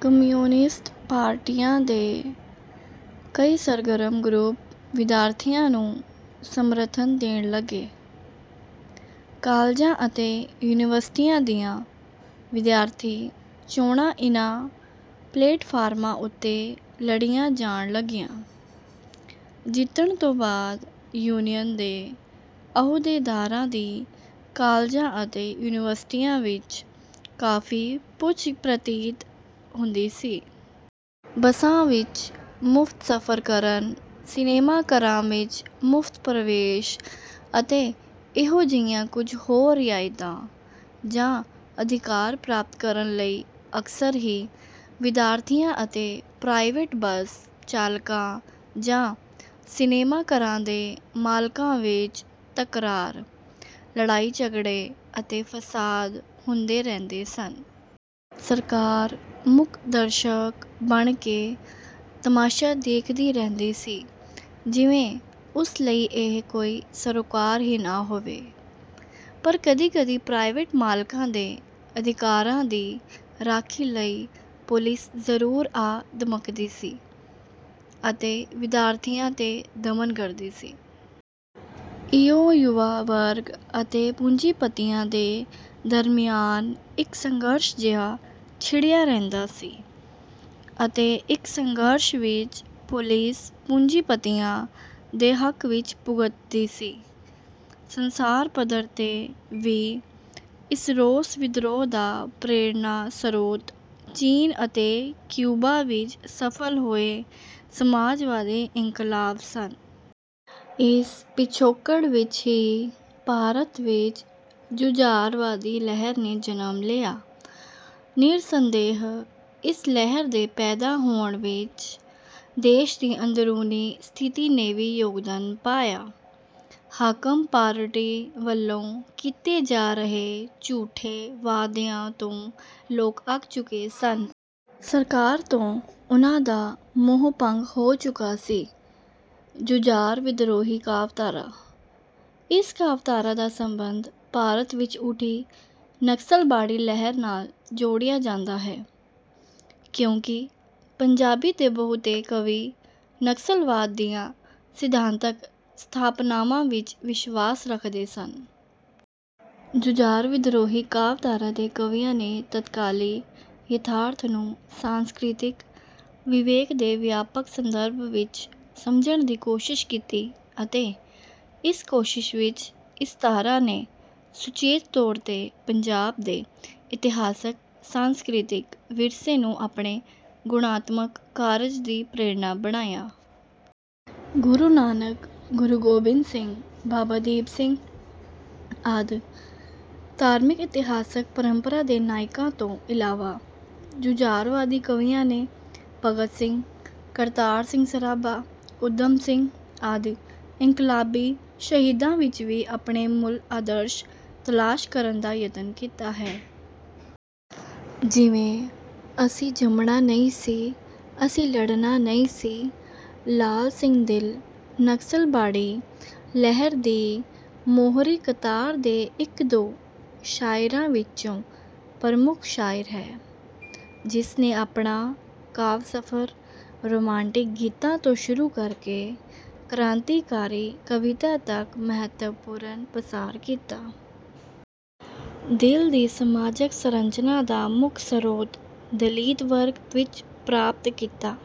Communist ਪਾਰਟੀਆਂ ਦੇ ਕਈ ਸਰਗਰਮ ਗਰੁੱਪ ਵਿਦਿਆਰਥੀਆਂ ਨੂੰ ਸਮਰਥਨ ਦੇਣ ਲੱਗੇ। ਕਾਲਜਾਂ ਅਤੇ ਯੂਨੀਵਰਸਿਟੀਆਂ ਦੀਆਂ ਵਿਦਿਆਰਥੀ ਚੋਣਾਂ ਇਨ੍ਹਾਂ ਪਲੇਟਫਾਰਮਾਂ ਉੱਤੇ ਲੜੀਆਂ ਜਾਣ ਲੱਗੀਆਂ। ਜਿੱਤਣ ਤੋਂ ਬਾਅਦ ਯੂਨੀਅਨ ਦੇ ਅਹੁਦੇਦਾਰਾਂ ਦੀ ਕਾਲਜਾਂ ਅਤੇ ਯੂਨੀਵਰਸਿਟੀਆਂ ਵਿੱਚ ਕਾਫ਼ੀ ਪੁੱਛ-ਪ੍ਰਤੀਤ ਹੁੰਦੀ ਸੀ। ਬੱਸਾਂ ਵਿੱਚ ਮੁਫ਼ਤ ਸਫ਼ਰ ਕਰਨ, ਸਿਨੇਮਾ ਘਰਾਂ ਵਿੱਚ ਮੁਫ਼ਤ ਪ੍ਰਵੇਸ਼ ਅਤੇ ਇਹੋ ਜਿਹੀਆਂ ਕੁਝ ਹੋਰ ਰਿਆਇਤਾਂ ਜਾਂ ਅਧਿਕਾਰ ਪ੍ਰਾਪਤ ਕਰਨ ਲਈ ਅਕਸਰ ਹੀ ਵਿਦਿਆਰਥੀਆਂ ਅਤੇ ਪ੍ਰਾਈਵੇਟ ਬੱਸ ਚਾਲਕਾਂ ਜਾਂ ਸਿਨੇਮਾ ਘਰਾਂ ਦੇ ਮਾਲਕਾਂ ਵਿੱਚ ਤਕਰਾਰ, ਲੜਾਈ-ਝਗੜੇ ਅਤੇ ਫ਼ਸਾਦ ਹੁੰਦੇ ਰਹਿੰਦੇ ਸਨ। ਸਰਕਾਰ ਮੂਕ ਦਰਸ਼ਕ ਬਣ ਕੇ ਤਮਾਸ਼ਾ ਦੇਖਦੀ ਰਹਿੰਦੀ ਸੀ, ਜਿਵੇਂ ਉਸ ਲਈ ਇਹ ਕੋਈ ਸਰੋਕਾਰ ਹੀ ਨਾ ਹੋਵੇ। ਪਰ ਕਦੀ-ਕਦੀ ਪ੍ਰਾਈਵੇਟ ਮਾਲਕਾਂ ਦੇ ਅਧਿਕਾਰਾਂ ਦੀ ਰਾਖੀ ਲਈ ਪੁਲਿਸ ਜ਼ਰੂਰ ਆ ਧਮਕਦੀ ਸੀ ਅਤੇ ਵਿਦਿਆਰਥੀਆਂ ’ਤੇ ਦਮਨ ਕਰਦੀ ਸੀ। ਇਉਂ ਯੁਵਾ ਵਰਗ ਅਤੇ ਪੂੰਜੀਪਤੀਆਂ ਦੇ ਦਰਮਿਆਨ ਇੱਕ ਸੰਘਰਸ਼ ਜਿਹਾ ਛਿੜਿਆ ਰਹਿੰਦਾ ਸੀ ਅਤੇ ਇਸ ਸੰਘਰਸ਼ ਵਿੱਚ ਪੁਲਿਸ ਪੂੰਜੀਪਤੀਆਂ ਦੇ ਹੱਕ ਵਿੱਚ ਭੁਗਤਦੀ ਸੀ। ਸੰਸਾਰ ਪੱਧਰ ’ਤੇ ਵੀ ਇਸ ਰੋਸ-ਵਿਦਰੋਹ ਦਾ ਪ੍ਰੇਰਣਾ-ਸਰੋਤ ਚੀਨ ਅਤੇ ਕਿਊਬਾ ਵਿੱਚ ਸਫ਼ਲ ਹੋਏ ਸਮਾਜਵਾਦੀ ਇਨਕਲਾਬ ਸਨ। ਇਸ ਪਿਛੋਕੜ ਵਿੱਚ ਹੀ ਭਾਰਤ ਵਿੱਚ ਜੁਝਾਰਵਾਦੀ ਲਹਿਰ ਨੇ ਜਨਮ ਲਿਆ। ਨਿਰਸੰਦੇਹ, ਇਸ ਲਹਿਰ ਦੇ ਪੈਦਾ ਹੋਣ ਵਿੱਚ ਦੇਸ਼ ਦੀ ਅੰਦਰੂਨੀ ਸਥਿਤੀ ਨੇ ਵੀ ਯੋਗਦਾਨ ਪਾਇਆ। ਹਾਕਮ ਪਾਰਟੀ ਵੱਲੋਂ ਕੀਤੇ ਜਾ ਰਹੇ ਝੂਠੇ ਵਾਅਦਿਆਂ ਤੋਂ ਲੋਕ ਅੱਕ ਚੁੱਕੇ ਸਨ। ਸਰਕਾਰ ਤੋਂ ਉਨ੍ਹਾਂ ਦਾ ਮੋਹ-ਭੰਗ ਹੋ ਚੁੱਕਾ ਸੀ। ਜੁਝਾਰ-ਵਿਦਰੋਹੀ ਕਾਵਿ ਧਾਰਾ: ਇਸ ਕਾਵਿ ਧਾਰਾ ਦਾ ਸੰਬੰਧ ਭਾਰਤ ਵਿੱਚ ਉੱਠੀ ਨਕਸਲਬਾੜੀ ਲਹਿਰ ਨਾਲ ਜੋੜਿਆ ਜਾਂਦਾ ਹੈ, ਕਿਉਂਕਿ ਪੰਜਾਬੀ ਦੇ ਬਹੁਤੇ ਕਵੀ ਨਕਸਲਵਾਦ ਦੀਆਂ ਸਿਧਾਂਤਕ ਸਥਾਪਨਾਵਾਂ ਵਿੱਚ ਵਿਸ਼ਵਾਸ ਰੱਖਦੇ ਸਨ। ਜੁਝਾਰ-ਵਿਦਰੋਹੀ ਕਾਵਿ ਧਾਰਾ ਦੇ ਕਵੀਆਂ ਨੇ ਤਤਕਾਲੀ ਯਥਾਰਥ ਨੂੰ ਸਾਂਸਕ੍ਰਿਤਿਕ ਵਿਵੇਕ ਦੇ ਵਿਆਪਕ ਸੰਦਰਭ ਵਿੱਚ ਸਮਝਣ ਦੀ ਕੋਸ਼ਿਸ਼ ਕੀਤੀ ਅਤੇ ਇਸ ਕੋਸ਼ਿਸ਼ ਵਿੱਚ ਇਸ ਧਾਰਾ ਨੇ ਸੁਚੇਤ ਤੌਰ ’ਤੇ ਪੰਜਾਬ ਦੇ ਇਤਿਹਾਸਕ-ਸਾਂਸਕ੍ਰਿਤਿਕ ਵਿਰਸੇ ਨੂੰ ਆਪਣੇ ਗੁਣਾਤਮਕ ਕਾਰਜ ਦੀ ਪ੍ਰੇਰਣਾ ਬਣਾਇਆ। ਗੁਰੂ ਨਾਨਕ, ਗੁਰੂ ਗੋਬਿੰਦ ਸਿੰਘ, ਬਾਬਾ ਦੀਪ ਸਿੰਘ ਆਦਿ ਧਾਰਮਿਕ-ਇਤਿਹਾਸਕ ਪਰੰਪਰਾ ਦੇ ਨਾਇਕਾਂ ਤੋਂ ਇਲਾਵਾ, ਜੁਝਾਰਵਾਦੀ ਕਵੀਆਂ ਨੇ ਭਗਤ ਸਿੰਘ, ਕਰਤਾਰ ਸਿੰਘ ਸਰਾਭਾ, ਊਧਮ ਸਿੰਘ ਆਦਿ ਇਨਕਲਾਬੀ ਸ਼ਹੀਦਾਂ ਵਿੱਚ ਵੀ ਆਪਣੇ ਮੂਲ ਆਦਰਸ਼ ਤਲਾਸ਼ ਕਰਨ ਦਾ ਯਤਨ ਕੀਤਾ ਹੈ। ਜਿਵੇਂ: “ਅਸੀਂ ਜੰਮਣਾ ਨਹੀਂ ਸੀ, ਅਸੀਂ ਲੜਨਾ ਨਹੀਂ ਸੀ।” ਲਾਲ ਸਿੰਘ ਦਿਲ ਨਕਸਲਬਾੜੀ ਲਹਿਰ ਦੀ ਮੋਹਰੀ ਕਤਾਰ ਦੇ ਇੱਕ-ਦੋ ਸ਼ਾਇਰਾਂ ਵਿੱਚੋਂ ਪ੍ਰਮੁੱਖ ਸ਼ਾਇਰ ਹੈ, ਜਿਸ ਨੇ ਆਪਣਾ ਕਾਵਿ-ਸਫ਼ਰ ਰੁਮਾਂਟਿਕ ਗੀਤਾਂ ਤੋਂ ਸ਼ੁਰੂ ਕਰਕੇ ਕ੍ਰਾਂਤੀਕਾਰੀ ਕਵਿਤਾ ਤੱਕ ਮਹੱਤਵਪੂਰਨ ਪਸਾਰ ਕੀਤਾ। “ਦਿਲ ਦੀ ਸਮਾਜਕ ਸਰੰਚਨਾ ਦਾ ਮੁੱਖ ਸਰੋਤ ਦਲਿਤ ਵਰਗ ਵਿੱਚ ਪ੍ਰਾਪਤ ਕੀਤਾ...